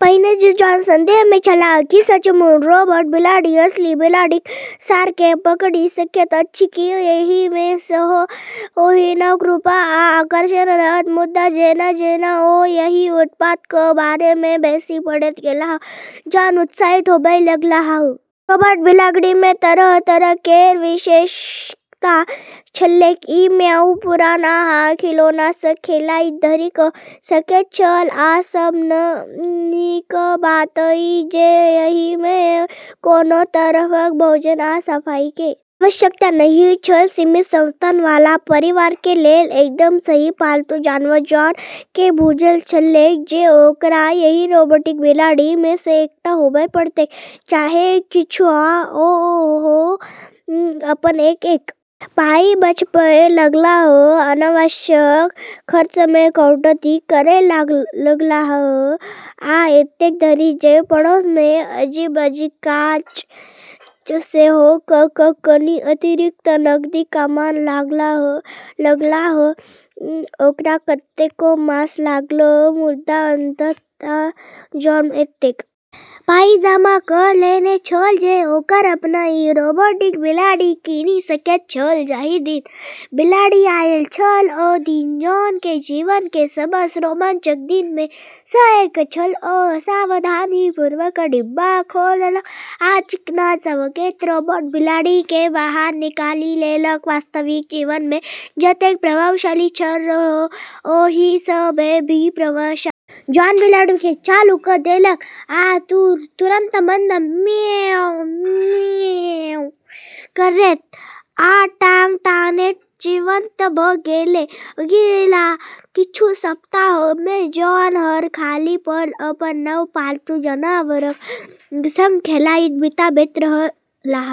पहिने त जॉन संदेह मे छलाह। की सचमुच रोबोट बिलाड़ि असली बिलाड़िक सार के पकड़ि सकैत अछि? की एहि मे सेहो ओहिना कृपा आ आकर्षण रहत? मुदा जेना-जेना ओ एहि उत्पाद क बारे मे बेसी पढ़ैत गेलाह, जॉन उत्साहित होबय लगलाह। रोबोट बिलाड़ि मे तरह-तरह केर विशेषता छलैक ई म्याऊ, पुरना आ खिलौना सं खेलाइत धरि क सकैत छल आ सब सं नीक बात ई जे एहि में कोनो तरहक भोजन आ सफाई के आवश्यकता नहिं छल सीमित संसाधन वाला परिवार के लेल एकदम सही पालतू जानवर जॉन केँ बुझल छलैक जे ओकरा एहि रोबोटिक बिलाड़ि मे सँ एकटा होबय पड़तैक चाहे किछुओ हो, ओ अपन एक-एक पाइ बचाबय लगलाह, अनावश्यक खर्च मे कटौती करय लगलाह आ एतेक धरि जे पड़ोस मे अजीब-अजीब काज सेहो क क‌ कनि अतिरिक्त नगदी कमाब लगलाह ओकरा कतेको मास लागल मुदा अंततः जॉन एतेक पाइ जमा क' लेने छल जे ओकर अपनहि रोबोटिक बिलाड़ि कीनि सकैत छल जाहि दिन बिलाड़ि आयल छल ओ दिन जॉन के जीवन के सबस रोमांचक दिन में स एक छल ओ सावधानीपूर्वक डिब्बा खोललक आ चिकना चमकैत रोबोट बिलाड़ि केँ बाहर निकालि लेलक वास्तविक जीवन मे जतेक प्रभावशाली छल ओहि स बेसी प्रभावशाली छल चित्र मे। जॉन बिलाड़ि केँ चालू क देलक आ ओ तुरन्त मंद म्याऊ म्याऊ करैत आ टांग तानैत जीवंत भ गेलै। अगिला किछु सप्ताह मे जॉन हर खाली पल अपन नव पालतू जानवरक संग खेलाइत बिताबैत रहलाह।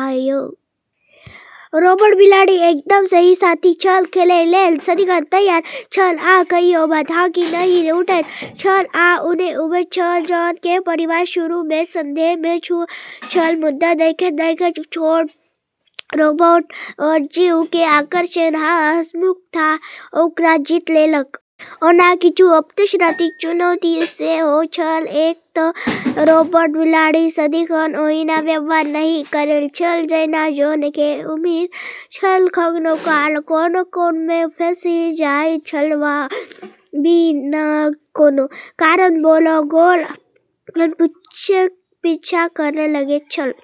रोबोट बिलाड़ि एकदम सही साथी छल, खेलय लेल सदिखन तैयार छल आ कहियो थाकि नहि उठैत छल आ ने ऊबैत छल, जॉन के परिवार शुरू में संदेह में छल मुदा देखैत-देखैत छोट रोबोट जीव के आकर्षण आ हंसमुखता ओकरा जीत लेलक। ओना किछु अप्रत्याशित चुनौती सेहो छल। एक त रोबोट बिलाड़ि सदिखन ओहिना व्यवहार नहि करैत छल जेना जॉन के उम्मीद छल कखनो काल कोन-कोन मे फँसि जाइत छल वा बिना कोनो कारणक गोल-गोल अपन पूँछक पीछा करय लगैत छल।